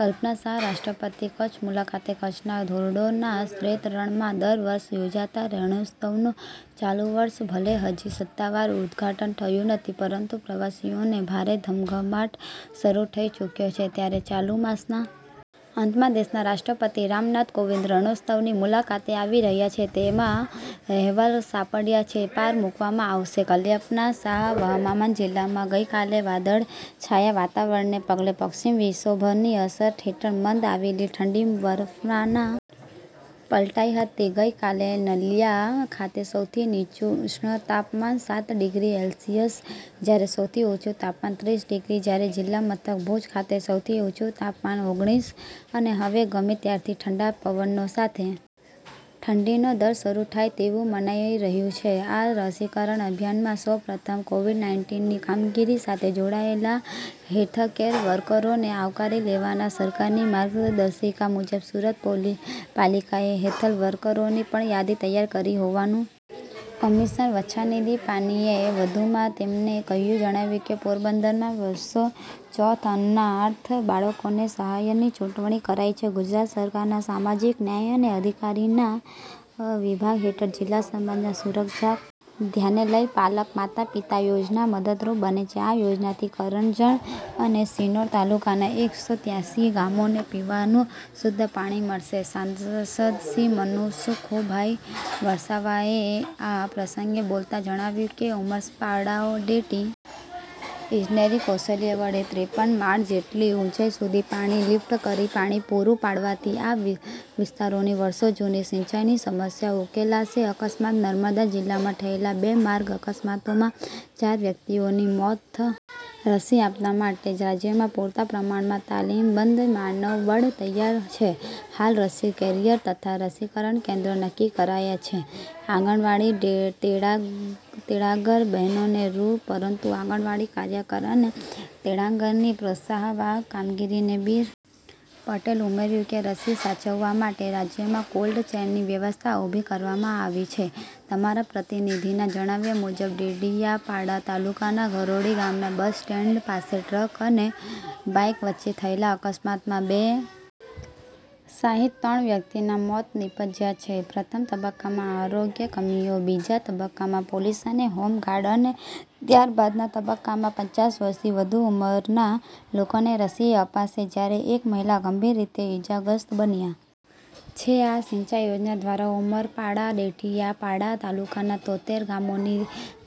કલ્પના શાહ રાષ્ટ્રપતિકચ્છ મુલાકાતે કચ્છમાં ધોરડો ના શ્વેત રણ માં દર વર્ષે યોજાતા રણોત્સવનું ચાલુ વર્ષે ભલે હજી સત્તાવાર ઉદ્ધાટન થયું નથી પરંતુ પ્રવાસીઓનો ભારે ધમધમાટ શરુ થઇ ચુક્યો છે ત્યારે ચાલુ માસના અંતમાં દેશના રાષ્ટ્રપતિ રામનાથ કોવિંદ રણોત્સવની મુલાકાતે આવી રહ્યા છે તેવા અહેવાલ સાંપડ્યા છે પાર મુકવામાં આવશે કલ્પના શાહ હવામાન જિલ્લામાં ગઈકાલે વાદળછાયા વાતાવરણને પગલે પશ્ચિમ વિક્ષોભની અસર હેઠળ મંદ આવેલી ઠંડી બફારામાં પલટાઈ હતી ગઈકાલે નલિયા ખાતે સૌથી નીચું ઉષ્ણતામાન સાત ડિગ્રી સેલ્સિયસ જયારે સૌથી ઊંચું તાપમાન ત્રીસ ડિગ્રી જયારે જિલ્લા મથક ભુજ ખાતે સૌથી નીચું તાપમાન ઓગણિસ અને હવે ગમે ત્યારે ઠંડા પવનો સાથે ઠંડીનો દોર શરુ થાય તેવું મનાઈ રહ્યું છે આ રસીકરણ અભિયાનમાં સૌ પ્રથમ કોવિડ નાઈટીન ની કામગીરી સાથે જોડાયેલા હેલ્થકેર વર્કરોને આવરી લેવાના સરકારની માર્ગદર્શિકા મુજબ સુરત પાલિકાએ હેલ્થ વર્કરોની પણ યાદી તૈયાર કરી હોવાનું કમિશનર બંછાનિધિ પાનીએ વધુમાં તેમનએ કહ્યું જણાવ્યું છે પોરબંદરમાં બસ્સો ચૌદ અનાથ બાળકોને સહાયની ચુકવણી કરાઈ છે ગુજરાત સરકારના સામાજિક ન્યાય અને અધિકારીતા વિભાગ હેઠળ જિલ્લા સમાજ સુરક્ષા કચેરી દ્વારા બાળકના સર્વાગી હિતને ધ્યાને લઇ પાલક માતા પિતા યોજના મદદરૂપ બને છે આ યોજનાથી કરજણ અને શિનોર તાલુકાનાં એક સો ત્યાસી ગામોને પીવાનું શુધ્ધ પાણી મળશે સાંસદશ્રી મનસુખભાઈ વસાવાએ આ પ્રસંગે બોલતા જણાવ્યું કે ઉંમરપાડાડેડીયાપાડામાં ઉચ્ચ ઈજનેરી કૌશલ્ય વડે ત્રેપન માળ જેટલી ઉંચાઈ સુધી પાણી લિફ્ટ કરી પાણી પૂરું પાડવાથી આ વિસ્તારોની વર્ષો જૂની સિંચાઈની સમસ્યા ઉકેલાશે અકસ્માત નર્મદા જિલ્લામાં થયેલા બે માર્ગ અકસ્માતોમાં ચાર વ્યકિતીઓના મોત થયા છે રસી આપવા માટે રાજયમાં પૂરતા પ્રમાણમાં તાલીમબધ્ધ માનવબળ તૈયાર છે હાલ રસી કેરીયર તથા રસીકરણ કેન્દ્રો નક્કી કરાયા છે આંગણવાડી તેડાગર બહેનોને રૂપિયા પરંતુ આંગણવાડી કાર્યકર અને તેડાગરની પ્રોત્સાવહક કામગીરીને બિરદાવવા આઈ શ્રી પટેલે ઉમેર્યું કે રસી સાચવવા માટે રાજ્યમાં કોલ્ડ ચેનની વ્યવસ્થા ઉભી કરવામાં આવી છે અમારા પ્રતિનિધિના જણાવ્યા મુજબ ડેડીયાપાડા તાલુકાના ધરોળી ગામના બસ સ્ટેન્ડન્ડ પાસે ટ્રક અને બાઈક વચ્ચે થયેલા અકસ્માતમાં બે મહિલા સહિત ત્રણ વ્યકિતનાં મોત નીપજ્યા છે પ્રથમ તબક્કામાં આરોગ્ય કર્મીઓ બીજા તબક્કામાં પોલીસ અને હોમ ગાર્ડસ અને ત્યારબાદના તબક્કામાં પચાસ વર્ષથી વધુ ઉમરનાં લોકોને રસી અપાશે જ્યારે એક મહિલા ગંભીર રીતે ઈજાગ્રસ્ત બન્યા છે આ સિંચાઈ યોજના દ્વારા ઉંમરપાડાડેડીયાપાડા તાલુકાનાં તોતેર ગામોની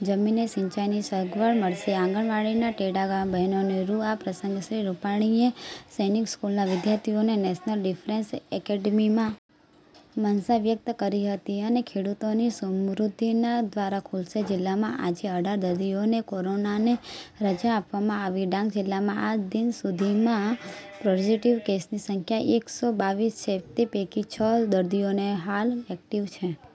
જમીનને સિંચાઈની સગવડ મળશે આંગણવાડી તેડાગર બહેનોને રૂા આ પ્રસંગે શ્રી રૂપાણીએ સૈનિક સ્કૂલના વિધાર્થીઓ નેશનલ ડિફેન્સ એકેડેમીમાં જોડાય અને ગુજરાત રેજીમેન્ટ બને તેવી મનસા વ્યકત કરી હતી અને ખેડૂતોની સમૃધ્ધિના દ્વાર ખુલશે જિલ્લામાં આજે અઢાર દર્દીઓએ કોરોનાને રજા આપવામાં આવી ડાંગ જિલ્લામાં આજ દિન સુધીમાં પોઝીટીવ કેસની સંખ્યા એક સો બાવીસ છે તે પૈકી છ દર્દીઓને હાલ એક્ટિવ છે અને રજા આપેલા દર્દીઓનો આંક એક સો સોળ નવસારી જિલ્લામાં આજે નવા બે કેસ નોંધાયા છે।